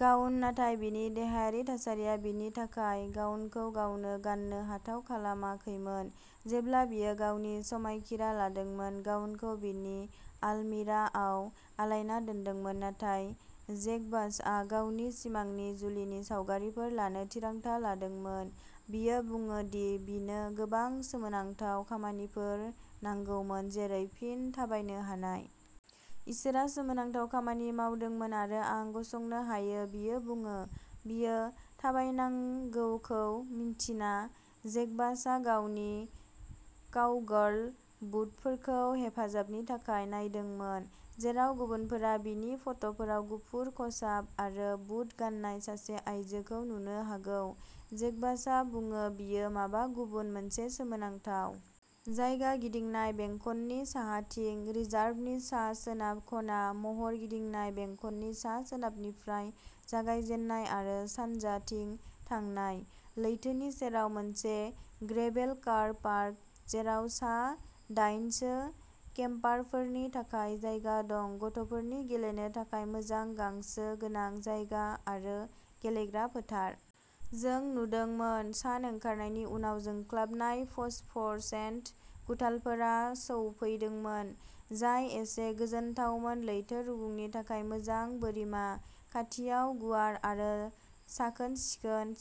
Gown, नाथाय बिनि देहायारि थासारिया बिनि थाखाय गाउनखौ गावनो गाननो हाथाव खालामाखैमोन। जेब्ला बियो गावनि समायखिरा लादोंमोन, गाउनखौ बिनि आलमारिआव आलायना दोनदोंमोन। नाथाय जेकबासआ गावनि सिमांनि जुलिनि सावगारिफोर लानो थिरांथा लादोंमोन। बियो बुङो दि बिनो गोबां सोमोनांथाव खामानिफोर नांगौमोन जेरै फिन थाबायनो हानाय। इसोरआ सोमोनांथाव खामानि मावदोंमोन आरो आं गसंनो हायो बियो बुङो। बियो थाबायनांगौखौ मिन्थिना, जेकबासआ गावनि काउगार्ल बुटफोरखौ हेफाजाबनि थाखाय नायदोंमोन। जेराव गुबुनफोरा बिनि फट'फोराव गुफुर खसाब आरो बुट गाननाय सासे आयजोखौ नुनो हागौ, जेकबासआ बुङो बियो माबा गुबुन मोनसे सोमोनांथाव। जायगा-गिदिंनाय बेंखननि साहाथिं रिजार्भनि सा-सोनाब खना। महर-गिदिंनाय बेंखननि सा-सोनाबनिफ्राय जागायजेननाय आरो सानजाथिं थांनाय। लैथोनि सेराव मोनसे ग्रेभेल कार पार्क, जेराव सा-दाइनसो केम्पारफोरनि थाखाय जायगा दं। गथ'फोरनि गेलेनो थाखाय मोजां गांसो गोनां जायगा आरो गेलेग्रा फोथार। जों नुदोंमोन। सान ओंखारनायनि उनाव जोंख्लाबनाय फस्फरसेन्ट गुथालफोरा सौफैदोंमोन, जाय एसे गोजोनथावमोन लैथो रुगुंनि थाखाय मोजां बोरिमा, खाथियाव गुवार आरो साखोन-सिखोन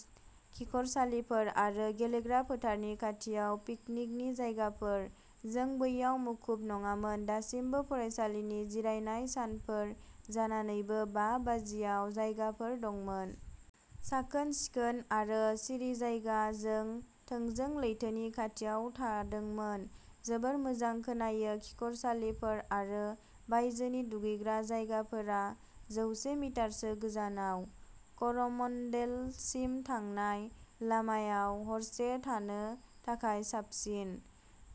खिखरसालिफोर, आरो गेलेग्रा फोथारनि खाथियाव पिकनिकनि जायगाफोर। जों बैयाव मुखुब नङामोन, दासिमबो फरायसालिनि जिरायनाय सानफोर जानानैबो बा बाजियाव जायगाफोर दंमोन। साखोन-सिखोन आरो सिरि जायगा, जों थोंजों लैथोनि खाथियाव थादोंमोन, जोबोद मोजां खोनायो! खिखरसालिफोर आरो बायजोनि दुगैग्रा जायगाफोरा जौसे मिटारसो गोजानाव, कर'मण्डेलसिम थांनाय लामायाव हरसे थानो थाखाय साबसिन।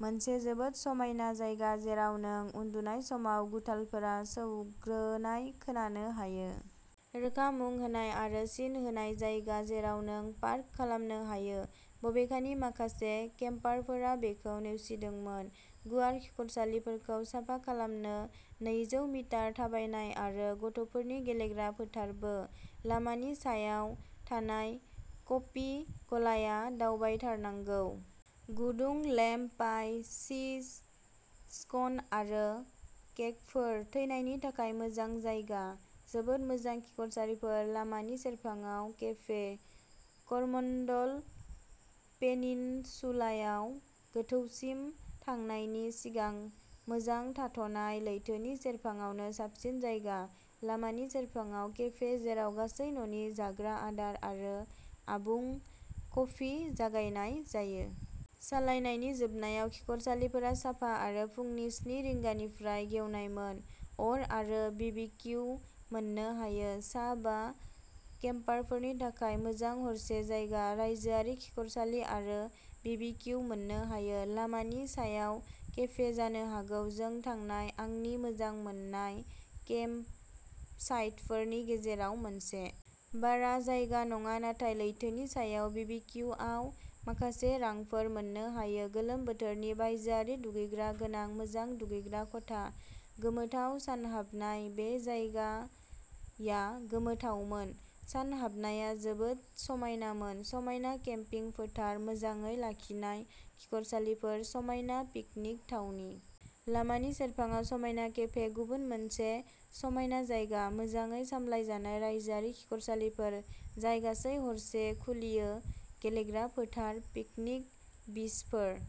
मोनसे जोबोद समायना जायगा जेराव नों उन्दुनाय समाव गुथालफोरा सौग्रोनाय खोनानो हायो। रोखा मुं होनाय आरो सिन होनाय जायगा जेराव नों पार्क खालामनो हायो, बबेखानि माखासे केम्पारफोरा बेखौ नेवसिदोंमोन। गुवार खिखरसालिफोरखौ साफा खालामनो नैजौ मिटार थाबायनाय आरो गथ'फोरनि गेलेग्रा फोथारबो। लामानि सायाव थानाय कफि गलाया दावबायथारनांगौ। गुदुं लेम्ब पाइ, चीज स्कन आरो केकफोर। थैनायनि थाखाय मोजां जायगा। जोबोद मोजां खिखरसालिफोर, लामानि सेरफाङाव केफे। करमन्डल पेनिनसुलायाव गोथौसिम थांनायनि सिगां मोजां थाथ'नाय। लैथोनि सेरफाङावनो साबसिन जायगा। लामानि सेरफाङाव केफे जेराव गासै न'नि जाग्रा आदार आरो आबुं कफि जागायनाय जायो। सालायनायनि जोबनायाव खिखरसालिफोरा साफा आरो फुंनि स्नि रिंगानिफ्राय गेवनायमोन। अर आरो बिबिकियु मोननो हायो। सा बा केम्पारफोरनि थाखाय मोजां हरसे जायगा। रायजोआरि खिखरसालि आरो बिबिक्यु मोननो हायो। लामानि सायाव केफे। जानो हागौ जों थांनाय आंनि मोजां मोननाय केम्पसाइटफोरनि गेजेराव मोनसे। बारा जायगा नङा नाथाय लैथोनि सायाव! बिबिकियुआव माखासे रांफोर मोननो हायो। गोलोम बोथोरनि बायजोआरि दुगैग्रा गोनां मोजां दुगैग्रा खथा। गोमोथाव सानहाबनाय। बे जायगा या गोमोथावमोन, सानहाबनाया जोबोद समायनामोन। समायना केम्पिं फोथार, मोजाङै लाखिनाय खिखरसालिफोर समायना पिकनिक थावनि। लामानि सेरफाङाव समायना केफे। गुबुन मोनसे समायना जायगा। मोजाङै सामलायजानाय रायजोआरि खिखरसालिफोर जाय गासै हरसे खुलियो, गेलेग्रा फोथार, पिकनिक बिचफोर।